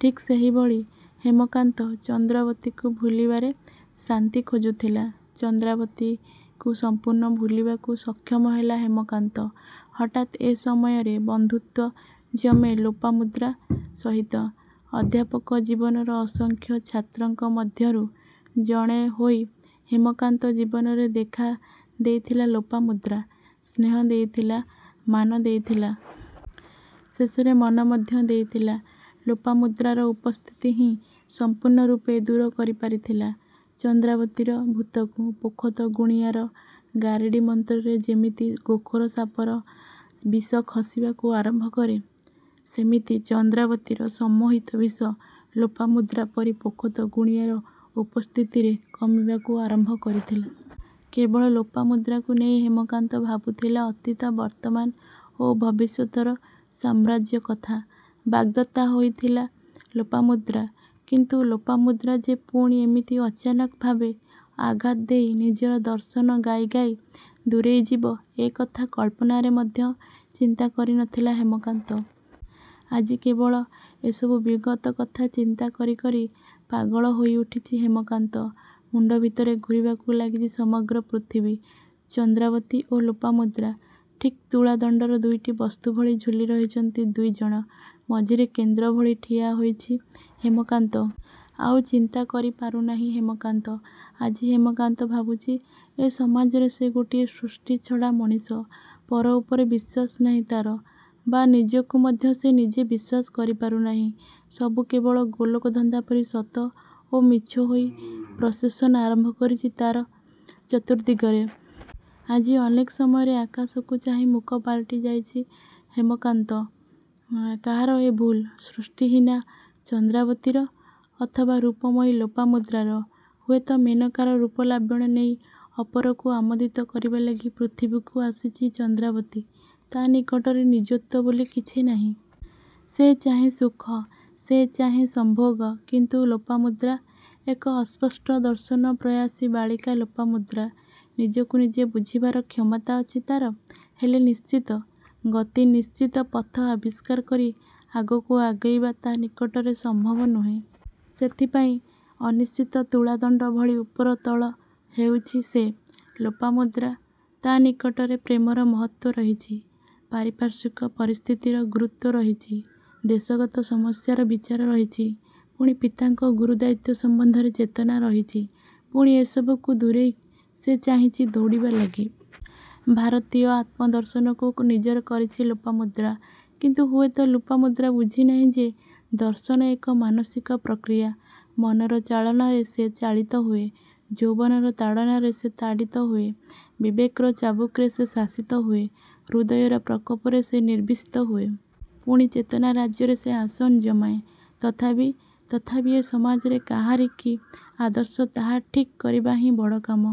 ଠିକ୍ ସେହିଭଳି ହେମକାନ୍ତ ଚନ୍ଦ୍ରାବତୀକୁ ଭୁଲିବାରେ ଶାନ୍ତି ଖୋଜୁଥିଲା। ଚନ୍ଦ୍ରାବତୀକୁ ସମ୍ପୂର୍ଣ୍ଣ ଭୁଲିବାକୁ ସକ୍ଷମ ହେଲା ହେମକାନ୍ତ ହଠାତ୍ ଏ ସମୟରେ ବନ୍ଧୁତ୍ୱ ଜମେ ଲୋପାମୁଦ୍ରା ସହିତ। ଅଧ୍ୟାପକ ଜୀବନର ଅସଂଖ୍ୟ ଛାତ୍ରଙ୍କ ମଧ୍ୟରୁ ଜଣେ ହୋଇ ହେମକାନ୍ତ ଜୀବନରେ ଦେଖା ଦେଇଥିଲା ଲୋପାମୁଦ୍ରା। ସ୍ନେହ ଦେଇଥିଲା, ମାନ ଦେଇଥିଲା ଶେଷରେ ମନ ମଧ୍ୟ ଦେଇଥିଲା। ଲୋପାମୁଦ୍ରାର ଉପସ୍ଥିତି ହିଁ ସମ୍ପୂର୍ଣ୍ଣ ରୂପେ ଦୂର କରି ପାରିଥିଲା ଚନ୍ଦ୍ରାବତୀର ଭୂତକୁ। ପୋଖତ ଗୁଣିଆର ଗାରେଡ଼ି ମନ୍ତ୍ରରେ ଯେମିତି ଗୋଖର ସାପର ବିଷ ଖସିବାକୁ ଆରମ୍ଭ କରେ-ସେମିତି ଚନ୍ଦ୍ରାବତୀର ସମ୍ମୋହିତ ବିଷ ଲୋପାମୁଦ୍ରା ପରି ପୋଖତ ଗୁଣିଆର ଉପସ୍ଥିତିରେ କମିବାକୁ ଆରମ୍ଭ କରିଥିଲା। କେବଳ ଲୋପାମୁଦ୍ରାକୁ ନେଇ ହେମକାନ୍ତ ଭାବୁଥିଲା ଅତୀତ ବର୍ତ୍ତମାନ ଓ ଭବିଷ୍ୟତର ସାମ୍ରାଜ୍ୟ କଥା। ବାଗ୍ଦତ୍ତା ହୋଇଥିଲା ଲୋପାମୁଦ୍ରା କିନ୍ତୁ ଲୋପାମୁଦ୍ରା ଯେ ପୁଣି ଏମିତି ଅଚାନକ ଭାବେ ଆଘାତ ଦେଇ ନିଜର ଦର୍ଶନ ଗାଇ ଗାଇ ଦୂରେଇ ଯିବ ଏ କଥା କଳ୍ପନାରେ ମଧ୍ୟ ଚିନ୍ତା କରି ନ ଥିଲା ହେମକାନ୍ତ। ଆଜି କେବଳ ଏସବୁ ବିଗତ କଥା ଚିନ୍ତା କରି କରି ପାଗଳ ହୋଇଉଠିଛି ହେମକାନ୍ତ। ମୁଣ୍ଡ ଭିତରେ ଘୂରିବାକୁ ଲାଗିଛି ସମଗ୍ର ପୃଥିବୀ। ଚନ୍ଦ୍ରାବତୀ ଓ ଲୋପାମୁଦ୍ରା। ଠିକ୍ ତୁଳାଦଣ୍ଡର ଦୁଇଟି ବସ୍ତୁ ଭଳି ଝୁଲି ରହିଛନ୍ତି ଦୁଇଜଣ। ମଝିରେ କେନ୍ଦ୍ର ଭଳି ଠିଆ ହୋଇଛି ହେମକାନ୍ତ। ଆଉ ଚିନ୍ତା କରି ପାରୁନାହିଁ ହେମକାନ୍ତ। ଆଜି ହେମକାନ୍ତ ଭାବୁଛି ଏ ସମାଜରେ ସେ ଗୋଟିଏ ସୃଷ୍ଟି ଛଡ଼ା ମଣିଷ। ପର ଉପରେ ବିଶ୍ୱାସ ନାହିଁ ତା'ର। ବା ନିଜକୁ ମଧ୍ୟ ସେ ନିଜେ ବିଶ୍ୱାସ କରି ପାରୁନାହିଁ। ସବୁ କେବଳ ଗୋଲକଧନ୍ଦା ପରି ସତ ଓ ମିଛ ହୋଇ ପ୍ରସେସନ୍ଆରମ୍ଭ କରିଛି ତା'ର ଚତୁର୍ଦିଗରେ। ଆଜି ଅନେକ ସମୟରେ ଆକାଶକୁ ଚାହିଁ ମୂକ ପାଲଟି ଯାଉଛି ହେମକାନ୍ତ। କାହାର ଏ ଭୁଲ। ସୃଷ୍ଟିହୀନା ଚନ୍ଦ୍ରାବତୀର, ଅଥବା ରୂପମୟୀ ଲୋପାମୁଦ୍ରାର? ହୁଏତ ମେନକାର ରୂପଲାବଣ୍ୟ ନେଇ ଅପରକୁ ଆମୋଦିତ କରିବା ଲାଗି ପୃଥିବୀକୁ ଆସିଛି ଚନ୍ଦ୍ରାବତୀ। ତା' ନିକଟରେ ନିଜତ୍ୱ ବୋଲି କିଛି ନାହିଁ। ସେ ଚାହେଁ ସୁଖ ସେ ଚାହେଁ ସମ୍ଭୋଗ। କିନ୍ତୁ ଲୋପାମୁଦ୍ରା। ଏକ ଅସ୍ପଷ୍ଟ ଦର୍ଶନ ପ୍ରୟାସୀ ବାଳିକା ଲୋପାମୁଦ୍ରା। ନିଜକୁ ନିଜେ ବୁଝିବାର କ୍ଷମତା ଅଛି ତା'ର। ହେଲେ ନିଶ୍ଚିତ.. ଗତି ନିଶ୍ଚିତ ପଥ ଆବିଷ୍କାର କରି ଆଗକୁ ଆଗେଇବା ତା' ନିକଟରେ ସମ୍ଭବ ନୁହେଁ। ସେଇଥିପାଇଁ ଅନିଶ୍ଚିତ ତୁଳାଦଣ୍ଡ ଭଳି ଉପର ତଳ ହେଉଛି ସେ। ଲୋପାମୁଦ୍ରା ତା' ନିକଟରେ ପ୍ରେମର ମହତ୍ୱ ରହିଛି। ପାରିପାର୍ଶ୍ୱିକ ପରିସ୍ଥିତିର ଗୁରୁତ୍ୱ ରହିଛି। ଦେଶଗତ ସମସ୍ୟାର ବିଚାର ରହିଛି ପୁଣି ପିତାଙ୍କ ଗୁରୁଦାୟିତ୍ୱ ସମ୍ବନ୍ଧରେ ଚେତନା ରହିଛି। ପୁଣି ଏ ସବୁକୁ ଦୂରେଇ ସେ ଚାହିଁଛି ଦୌଡ଼ିବା ଲାଗି। ଭାରତୀୟ ଆତ୍ମଦର୍ଶନକୁ ନିଜର କରିଛି ଲୋପାମୁଦ୍ରା କିନ୍ତୁ ହୁଏତ ଲୋପାମୁଦ୍ରା ବୁଝିନାହିଁ ଯେ-ଦର୍ଶନ ଏକ ମାନସିକ ପ୍ରକ୍ରିୟା। ମନର ଚାଳନାରେ ସେ ଚାଳିତ ହୁଏ। ଯୌବନର ତାଡ଼ନାରେ ସେ ତାଡ଼ିତ ହୁଏ। ବିବେକର ଚାବୁକରେ ସେ ଶାସିତ ହୁଏ। ହୃଦୟର ପ୍ରକୋପରେ ସେ ନିର୍ବିସିତ ହୁଏ। ପୁଣି ଚେତନା ରାଜ୍ୟରେ ସେ ଆସନ ଜମାଏ। ତଥାପି ତଥାପି ଏ ସମାଜରେ କାହାର କି ଆଦର୍ଶ ତାହା ଠିକ୍ କରିବା ହିଁ ବଡ କାମ।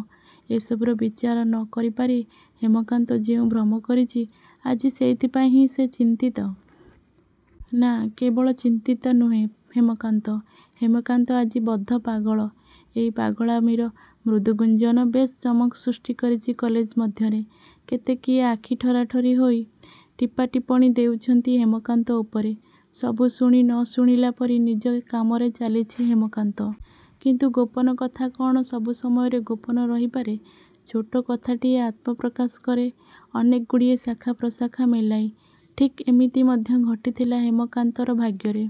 ଏ ସବୁର ବିଚାର ନ କରିପାରି ହେମକାନ୍ତ ଯେଉଁ ଭ୍ରମ କରିଛି ଆଜି ସେଇଥିପାଇଁ ହିଁ ସେ ଚିନ୍ତିତ। ନାଁ କେବଳ ଚିନ୍ତିତ ନୁହେଁ ହେମକାନ୍ତ। ହେମକାନ୍ତ ଆଜି ବଦ୍ଧ ପାଗଳ। ଏଇ ପାଗଳାମୀର ମୃଦୁ ଗୁଞ୍ଜନ ବେଶ୍ ଚମକ ସୃଷ୍ଟି କରିଛି କଲେଜ ମଧ୍ୟରେ। କେତେ କିଏ ଆଖି ଠାରାଠରି ହୋଇ ଟିପା ଟିପ୍ପଣୀ ଦେଉଛନ୍ତି ହେମକାନ୍ତ ଉପରେ। ସବୁ ଶୁଣି ନ ଶୁଣିଲା ପରି ନିଜ କାମରେ ଚାଲିଛି ହେମକାନ୍ତ। କିନ୍ତୁ ଗୋପନ କଥା କ'ଣ ସବୁ ସମୟରେ ଗୋପନ ରହିପାରେ? ଛୋଟ କଥାଟିଏ ଆତ୍ମପ୍ରକାଶ କରେ ଅନେକ ଗୁଡ଼ିଏ ଶାଖା ପ୍ରଶାଖା ମେଲାଇ। ଠିକ ଏମିତି ମଧ୍ୟ ଘଟିଥିଲା ହେମକାନ୍ତର ଭାଗ୍ୟରେ।